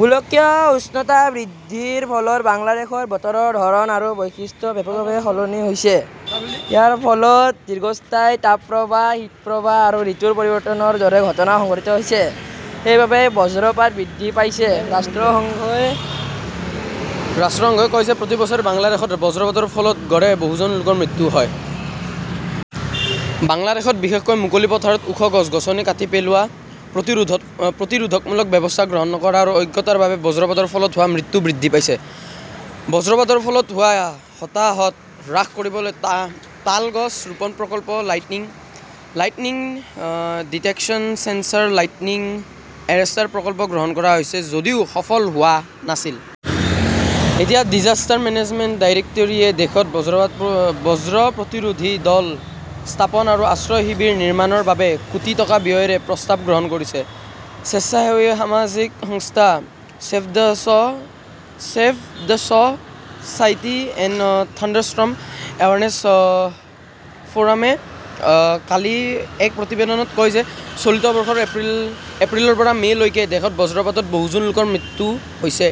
গোলকীয় উষ্ণতা বৃদ্ধিৰ ফলত বাংলাদেশত বতৰৰ ধৰণ আৰু বৈশিষ্ট্য ব্যাপকভাৱে সলনি হৈছে। ইয়াৰ ফলত দীৰ্ঘস্থায়ী তাপপ্ৰবাহ, শীতপ্ৰবাহ আৰু ঋতুৰ পৰিৱৰ্তনৰ দৰে ঘটনা সংঘটিত হৈছে। সেইবাবেই বজ্ৰপাত বৃদ্ধি পাইছে। ৰাষ্ট্ৰসংঘই ৰাষ্ট্ৰসংঘই কয় যে প্ৰতি বছৰে বাংলাদেশত বজ্ৰপাতৰ ফলত গড়ে বহুজন লোকৰ মৃত্যু হয়। বাংলাদেশত, বিশেষকৈ মুকলি পথাৰত ওখ গছ-গছনি কাটি পেলোৱা, প্ৰতিৰোধত প্ৰতিৰোধমূলক ব্যৱস্থা গ্ৰহণ নকৰা আৰু অজ্ঞতাৰ বাবে বজ্ৰপাতৰ ফলত হোৱা মৃত্যু বৃদ্ধি পাইছে। বজ্ৰপাতৰ ফলত হোৱা হতাহত হ্ৰাস কৰিবলৈ তা তাল গছ ৰোপণ প্ৰকল্প, lightning lightning detection sensor, lightning arrester প্ৰকল্প গ্ৰহণ কৰা হৈছিল যদিও সফল হোৱা নাছিল। এতিয়া ডিজাস্টাৰ মেনেজমেণ্ট ডাইৰেক্টৰীয়ে দেশত বজ্ৰ প্ৰতিৰোধী দল স্থাপন আৰু আশ্ৰয় শিবিৰ নিৰ্মাণৰ বাবে কোটি টকা ব্যয়েৰে প্ৰস্তাৱ গ্ৰহণ কৰিছে। স্বেচ্ছাসেৱী সামাজিক সংস্থা Save the so Save the "Society and Thunderstorm Awareness ফ" ৰামে কালি এক প্ৰতিবেদনত কয় যে চলিত বৰ্ষৰ এপ্ৰিলৰ পৰা মে' লৈকে দেশত বজ্ৰপাতত বহুজন লোকৰ মৃত্যু হৈছে।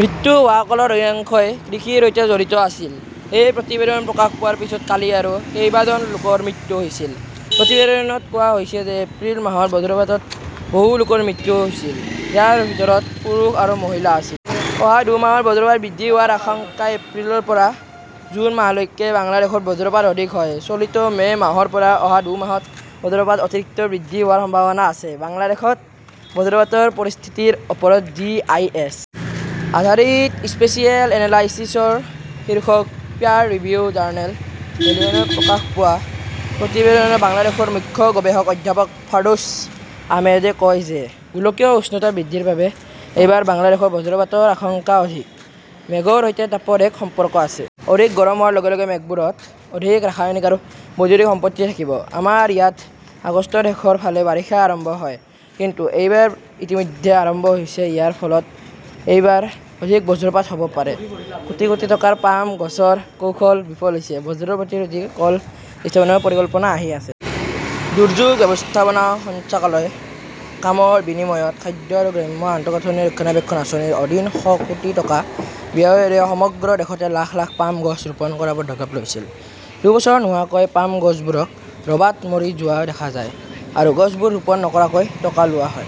মৃত্যু হোৱাসকলৰ অধিকাংশই কৃষিৰ সৈতে জড়িত আছিল। এই প্ৰতিবেদন প্ৰকাশ পোৱাৰ পিছত কালি আৰু কেইবাজন লোকৰ মৃত্যু হৈছিল। প্ৰতিবেদনত কোৱা হৈছে যে এপ্ৰিল মাহত বজ্ৰপাতত বহু লোকৰ মৃত্যু হৈছিল। ইয়াৰ ভিতৰত পুৰুষ আৰু মহিলা আছিল। অহা দুমাহত বজ্ৰপাত বৃদ্ধি হোৱাৰ আশংকা এপ্ৰিলৰ পৰা জুন মাহলৈকে বাংলাদেশত বজ্ৰপাত অধিক হয়। চলিত মে' মাহৰ পৰা অহা দুমাহত বজ্ৰপাত অতিৰিক্ত বৃদ্ধি হোৱাৰ সম্ভাৱনা আছে। "বাংলাদেশত বজ্ৰপাতৰ পৰিস্থিতিৰ ওপৰত জি. আই. এছ. -আধাৰিত স্পেচিয়েল এনালাইচিছ "ৰ শীৰ্ষক পিয়াৰ-ৰিভিউ জাৰ্নেল হেলিয়নত প্ৰকাশ পোৱা প্ৰতিবেদনত বাংলাদেশৰ মুখ্য গৱেষক অধ্যাপক ফাৰ্ডৌছ আহমেদে কয় যে গোলকীয় উষ্ণতা বৃদ্ধিৰ বাবে এইবাৰ বাংলাদেশত বজ্ৰপাতৰ আশংকা অধিক। মেঘৰ সৈতে তাপৰ এক সম্পৰ্ক আছে। অধিক গৰম হোৱাৰ লগে লগে মেঘবোৰত অধিক ৰাসায়নিক আৰু বৈদ্যুতিক সম্পত্তি থাকিব। আমাৰ ইয়াত আগষ্টৰ শেষৰ ফালে বাৰিষা আৰম্ভ হয়। কিন্তু এইবাৰ ইতিমধ্যে আৰম্ভ হৈছে। ইয়াৰ ফলত এইবাৰ অধিক বজ্ৰপাত হ'ব পাৰে। কোটি কোটি টকাৰ পাম গছৰ কৌশল বিফল হৈছে, বজ্ৰ প্ৰতিৰোধী কল স্থাপনৰ পৰিকল্পনা আহি আছে। দুৰ্যোগ ব্যৱস্থাপনা সঞ্চালকালয়ে কামৰ বিনিময়ত খাদ্য আৰু গ্ৰাম্য আন্তঃগাঁথনি ৰক্ষণাবেক্ষণ আঁচনিৰ অধীনত শ কোটি টকা ব্যয়েৰে সমগ্ৰ দেশতে লাখ লাখ পাম গছ ৰোপণ কৰাৰ পদক্ষেপ লৈছিল। দুবছৰ নোহোৱাকৈ, পাম গছবোৰ ক "ৰবাত মৰি যোৱা দেখা যায়, আৰু গছবোৰ ৰোপণ নকৰাকৈ টকা লোৱা হয়।